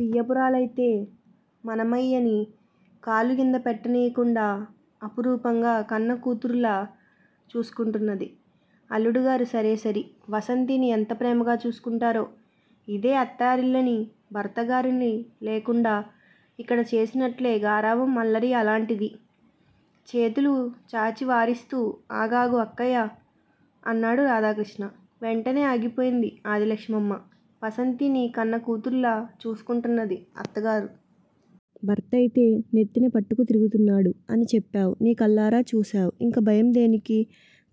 వియ్యపురాలయితే మనమ్మాయిని కాలుకింద పెట్టనియ్యకుండా అపురూపంగ కన్నకూతురులా చూసుకుంటున్నది. అల్లుడుగారు సరేసరి వాసంతిని ఎంతప్రేమగా చూసుకుంటారో. ఇదే అత్తారిల్లని భర్తగారని లేకుండ ఇక్కడ చేసినట్లే గారాబం అల్లరి అలాంటిది. చేతులు చాచి వారిస్తూ ఆగాగు అక్కయ్యా! అన్నాడు రాధాకృష్ణ. వెంటనే ఆగిపోయింది ఆదిలక్షమ్మమ్మ. వాసంతిని కన్నకూతురులా చూసుకుంటున్నది అత్తగారు. భర్త అయితే నెత్తిన పట్టుకు తిరుగుతున్నాడు అని చెప్పావు నీ కళ్ళారా చూశావు. ఇంక భయం దేనికి?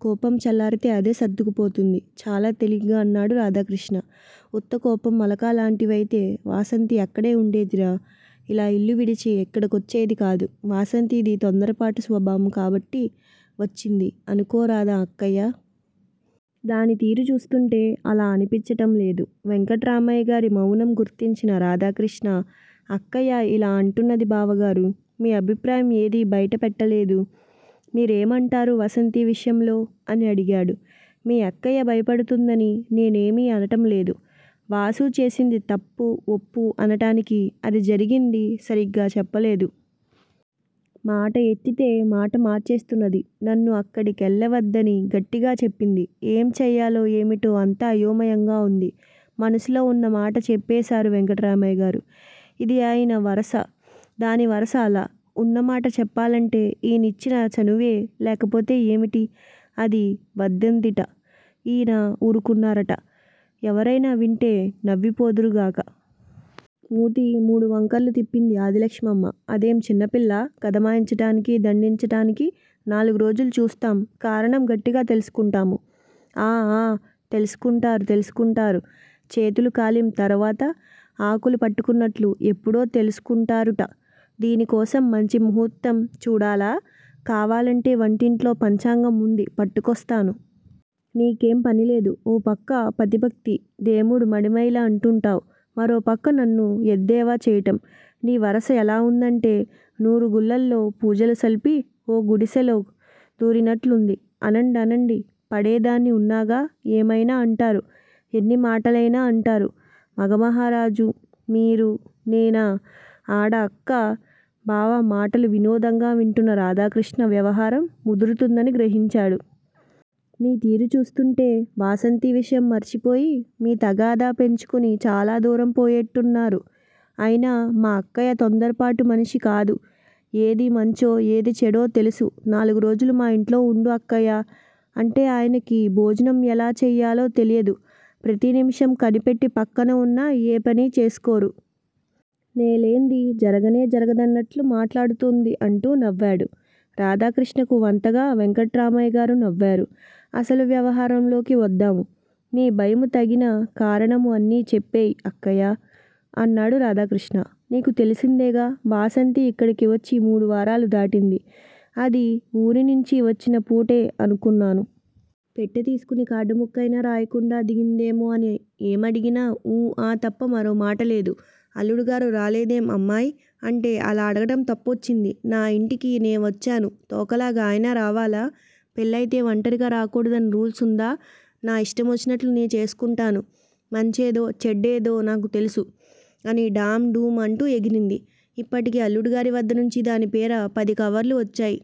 కోపం చల్లారితే అదే సర్దుకుపోతుంది. చాలా తేలిగ్గా అన్నాడు రాధాకృష్ణ. ఉత్తకోపం అలకలాంటివి అయితే వాసంతి అక్కడే వుండేదిరా. ఇలా యిల్లువిడిచి యిక్కడికొచ్చేది కాదు. వాసంతిది తొందరపాటు స్వభావం కాబట్టి వచ్చింది అనుకోరాదా అక్కయ్యా! దానితీరు చూస్తుంటే అలా అనిపించటంలేదు, వెంకట్రామయ్యగారి మవునం గుర్తించిన రాధాకృష్ణ అక్కయ్య యిలా అంటున్నది బావగారూ! మీ అభిప్రాయం ఏది బైట పెట్టలేదు. మీరేమంటారు వాసంతి విషయంలో? అని అడిగాడు. మీ అక్కయ్య భయపడుతుందని నేనేమీ అనటం లేదు. వాసు చేసింది తప్పు వప్పు అనటానికి అది జరిగింది సరీగ చెప్పలేదు. మాట ఎత్తితే మాట మార్చేస్తున్నది. నన్ను అక్కడి కెళ్ళవద్దని గట్టిగా చెప్పింది. ఏంచేయాలో ఏమిటో అంతా అయోమయంగా వుంది. మనసులో వున్న మాట చెప్పేశారు వెంకట్రామయ్యగారు. ఇదీ యీయన వరస, దానివరస అలా, ఉన్నమాట చెప్పాలంటే ఈయనిచ్చిన చనువే, లేకపోతే ఏమిటి? అది వద్దందిట. ఈయన వూరుకున్నారుట ఎవరైనా వింటే నవ్విపోదురుగాక. మూతి మూడువంకరలు తిప్పింది ఆదిలక్ష్మమ్మ. అదేం చిన్నపిల్లా గదమాయించటానికి, దండించటానికి నాలుగురోజులు చూస్తాం కారణం గట్టిగా తెల్సుకుంటాము. ఆ ఆ తెలుసుకుంటారు, తెలుసుకుంటారు. చేతులు కాలిం తరువాత ఆకులు పట్టుకున్నట్లు ఎప్పుడో తెలుసుకుంటారుట, దీనికోసం మంచి ముహూర్తం చూడాలా! కావాలంటే వంటింట్లో పంచాంగం వుంది పట్టుకొస్తాను. నీకేం పనిలేదు. ఓ పక్క పతిభక్తి దేముడు మడిమైల అంటుంటావు. మరోపక్క నన్ను ఎద్దేవచేయటం. నీ వరస ఎలా వుందంటే నూరుగుళ్ళల్లో పూజలుసల్పి ఓ గుడిశలో దూరినట్లుంది. అనండనండి పడేదాన్ని వున్నాగా ఏమయినా అంటారు. ఎన్నిమాటలయినా అంటారు. మగమహారాజు, మీరు, నేనా ఆడ అక్కా బావ మాటలు వినోదంగా వింటున్న రాధాకృష్ణ వ్యవహారం ముదురుతుందని గ్రహించాడు. మీ తీరు చూస్తుంటే వాసంతి విషయం మర్చిపోయి, మీ తగాదా పెంచుకుని చాలాదూరం పోయేట్టున్నారు. అయినా మా అక్కయ్య తొందరపాటు మనిషికాదు. ఏది మంచో ఏది చెడో తెలుసు. నాలుగురోజులు మా యింట్లో వుండు అక్కయ్యా! అంటే ఆయనకి భోజనం ఎలా చేయాలో తెలియదు. ప్రతి నిమిషం కనిపెట్టి పక్కనవున్నా ఏపని చేసుకోరు. నేలేంది జరగనే జరగదన్నట్లు మాట్లాడుతుంది అంటూ నవ్వాడు. రాధాకృష్ణకు వంతగా వెంకట్రామయ్యగారు నవ్వారు. అసలు వ్యవహారంలోకి వద్దాము. నీ భయము తగిన కారణము అన్ని చెప్పెయ్యి అక్కయ్యా! అన్నాడు రాధాకృష్ణ. నీకు తెలిసిందేగా వాసంతి యిక్కడికి వచ్చి మూడువారాలు దాటింది. అది ఊరినించి వచ్చిన పూటే అనుకున్నాను. పెట్టె తీసుకుని కార్డుముక్కయినా రాయకుండ దిగిందేమో అని ఏమడిగినా ఊ ఆ తప్ప మరోమాటలేదు. అల్లుడుగారు రాలేదేం అమ్మాయ్ అంటే అలా అడగటం తప్పొచ్చింది. నాయింటికి నేవచ్చాను. తోకలాగా ఆయన రావాలా? పెళ్ళయితే వంటరిగా రాకూడదని రూల్స్ వుందా? నా యిష్టమొచ్చినట్లు నే చేసుకుంటాను. మంచేదో చెడ్డేదో నాకు తెల్సు, అని ఢాం డూం అంటూ ఎగిరింది, ఇప్పటికి అల్లుడుగారి వద్దనుంచి దానిపేర పదికవర్లు వచ్చాయి.